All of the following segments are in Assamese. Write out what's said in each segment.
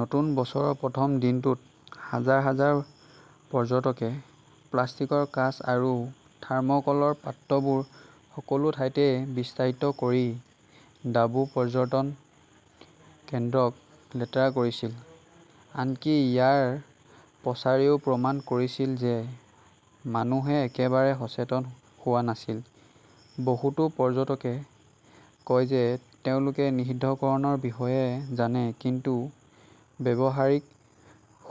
নতুন বছৰৰ প্ৰথম দিনটোত হাজাৰ -হাজাৰ পৰ্যটকে প্লাষ্টিকৰ কাঁচ আৰু থাৰ্মকলৰ পাত্ৰবোৰ সকলো ঠাইতে বিস্তাৰিত কৰি ডাবু পৰ্যটন কেন্দ্ৰক লেতেৰা কৰিছিল। আনকি ইমান প্ৰচাৰেও প্ৰমাণ কৰিছিল যে মানুহে একেবাৰে সচেতন হোৱা নাছিল। বহুতো পৰ্যটকে কয় যে তেওঁলোকে নিষিদ্ধকৰণৰ বিষয়ে জানে ,কিন্তু ব্যৱহাৰিক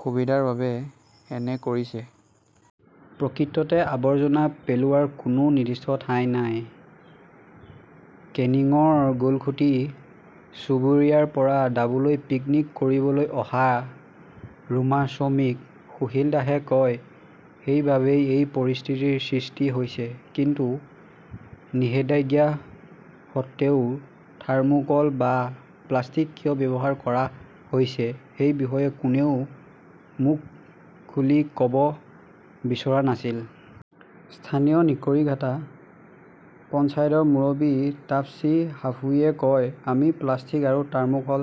সুবিধাৰ বাবে এনে কৰিছে। প্ৰকৃততে আৱৰ্জনা পেলোৱাৰ কোনো নিৰ্দিষ্ট ঠাই নাই, কেনিংৰ গোলকুঠি চুবুৰীয়াৰ পৰা ডাবুলৈ পিকনিক কৰিবলৈ অহা ৰুমা শ্ৰমিক সুশীল দাসে কয় সেইবাবেই এই পৰিস্থিতিৰ সৃষ্টি হৈছে। কিন্তু নিষেধাজ্ঞা সত্বেও থাৰ্মোকোল বা প্লাষ্টিক কিয় ব্যৱহাৰ কৰা হৈছে সেই বিষয়ে কোনেও মুখ খুলি ক'ব বিচৰা নাছিল। স্থানীয় নিকৰিঘাটা পঞ্চায়তৰ মুৰব্বী তাপ্সী সাঁফুইয়ে কয়, আমি প্লাষ্টিক আৰু থাৰ্মোকল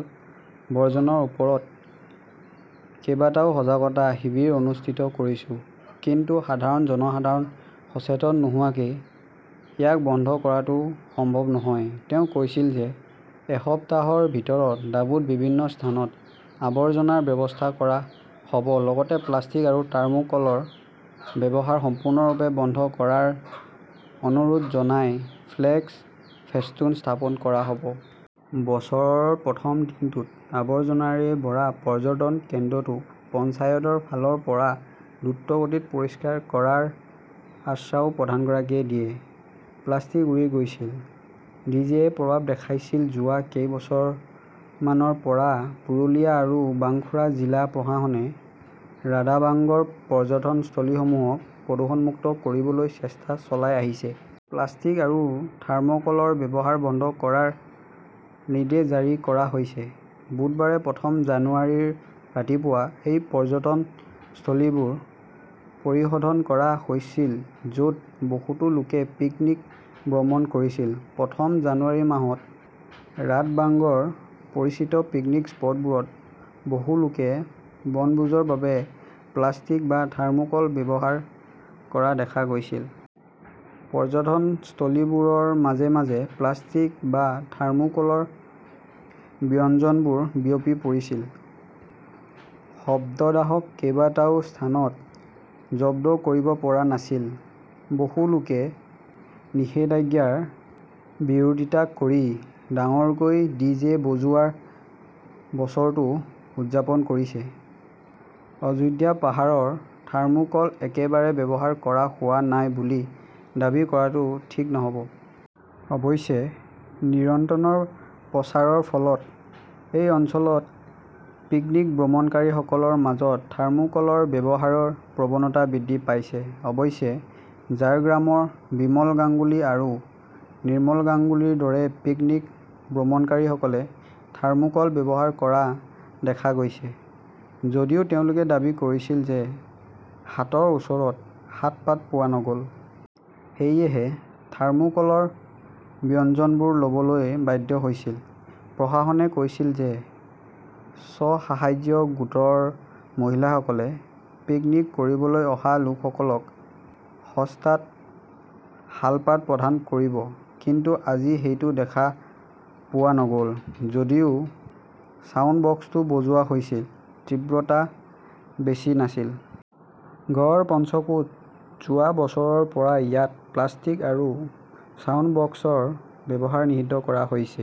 বৰ্জনৰ ওপৰত কেইবাটাও সজাগতা শিবিৰ অনুষ্ঠিত কৰিছো। কিন্তু সাধাৰণ জনসাধাৰণ সচেতন নোহোৱাকৈ ইয়াক বন্ধ কৰাটো সম্ভৱ নহয়। তেওঁ কৈছিল যে এসপ্তাহৰ ভিতৰত ডাবুত বিভিন্ন স্থানত আৱৰ্জনাৰ ব্যৱস্থা কৰা হ'ব লগতে প্লাষ্টিক আৰু থাৰ্মোকোলৰ ব্যৱহাৰ সম্পূৰ্ণৰূপে বন্ধ কৰাৰ অনুৰোধ জনাই ফ্লেক্স, ফেস্টুন স্থাপন কৰা হ'ব। বছৰৰ প্ৰথম দিনটোত আবৰ্জনাৰে ভৰা পৰ্যটন কেন্দ্ৰটো পঞ্চায়তৰ ফালৰ পৰা দ্ৰুতগতিত পৰিষ্কাৰ কৰাৰ আশ্বাসও প্ৰধানগৰাকীয়ে দিয়ে। প্লাষ্টিক উৰি গৈছিল, ডিজেয়ে প্ৰভাৱ দেখুৱাইছিল যোৱা কেইবছৰমানৰ পৰা পুৰুলিয়া আৰু বাংকুৰা জিলা প্ৰশাসনে ৰাধাবাংগৰ পৰ্যটনস্থলীসমূহক প্ৰদূষণমুক্ত কৰিবলৈ চেষ্টা চলাই আহিছে। প্লাষ্টিক আৰু থাৰ্মকলৰ ব্যৱহাৰ বন্ধ কৰাৰ নিৰ্দেশ জাৰি কৰা হৈছে। বুধবাৰে প্ৰথম জানুৱাৰীৰ ৰাতিপুৱা সেই পৰ্যটনস্থলীবোৰ পৰিসধন কৰা হৈছিল য'ত বহুতো লোকে পিকনীক ভ্ৰমণ কৰিছিল। প্ৰথম জানুৱাৰী মাহত ৰাধবাংগৰ পৰিচিত পিকনিক স্পটবোৰত বহু লোকে বনভোজৰ বাবে প্লাষ্টিক বা থাৰ্মোকোল ব্যৱহাৰ কৰা দেখা গৈছিল। পৰ্যটনস্থলীবোৰৰ মাজে- মাজে প্লাষ্টিক বা থাৰ্মকোলৰ ব্যঞ্জনবোৰ বিয়পি পৰিছিল। শব্দদাৱক কেইবাটাও স্থানত জব্দ কৰিব পৰা নাছিল। বহু লোকে নিষেধাজ্ঞাৰ বিৰোধিতা কৰি ডাঙৰকৈ ডিজে বজোৱাৰ বছৰটো উদযাপন কৰিছে। অযোধ্যা পাহাৰৰ থাৰ্মোকল একেবাৰে ব্যৱহাৰ কৰা হোৱা নাই বুলি দাবী কৰাটো ঠিক নহ'ব। অৱশ্যে নিৰন্তনৰ প্ৰচাৰৰ ফলত এই অঞ্চলত পিকনীক ভ্ৰমণকাৰীসকলৰ মাজত থাৰ্মোকলৰ ব্যৱহাৰৰ প্ৰৱণতা বৃদ্ধি পাইছে। অৱশ্যে ঝাৰগ্ৰামৰ বিমল গাংগুলী আৰু নিৰ্মল গাংগুলীৰ দৰে পিকনীক ভ্ৰমণকাৰীসকলে থাৰ্মোকোল ব্যৱহাৰ কৰা দেখা গৈছে। যদিও তেওঁলোকে দাবী কৰিছিল যে হাতৰ ওচৰত শাতপাত পোৱা নগ'ল। সেয়েহে থাৰ্মোকোলৰ ব্যঞ্জনবোৰ ল'বলৈ বাধ্য হৈছিল। প্ৰশাসনে কৈছিল যে স্ব-সাহায্য গোটৰ মহিলাসকলে পিকনিক কৰিবলৈ অহা লোকসকলক সস্তাত শালপাত প্ৰদান কৰিব, কিন্তু আজি সেইটো দেখা পোৱা নগ'ল। যদিও ছাউণ্ড বক্সটো বজোৱা হৈছিল, তীব্ৰতা বেছি নাছিল। গড় পঞ্চকোট যোৱা বছৰৰ পৰা ইয়াত প্লাষ্টিক আৰু ছাউণ্ড বক্সৰ ব্যৱহাৰ নিষিদ্ধ কৰা হৈছে।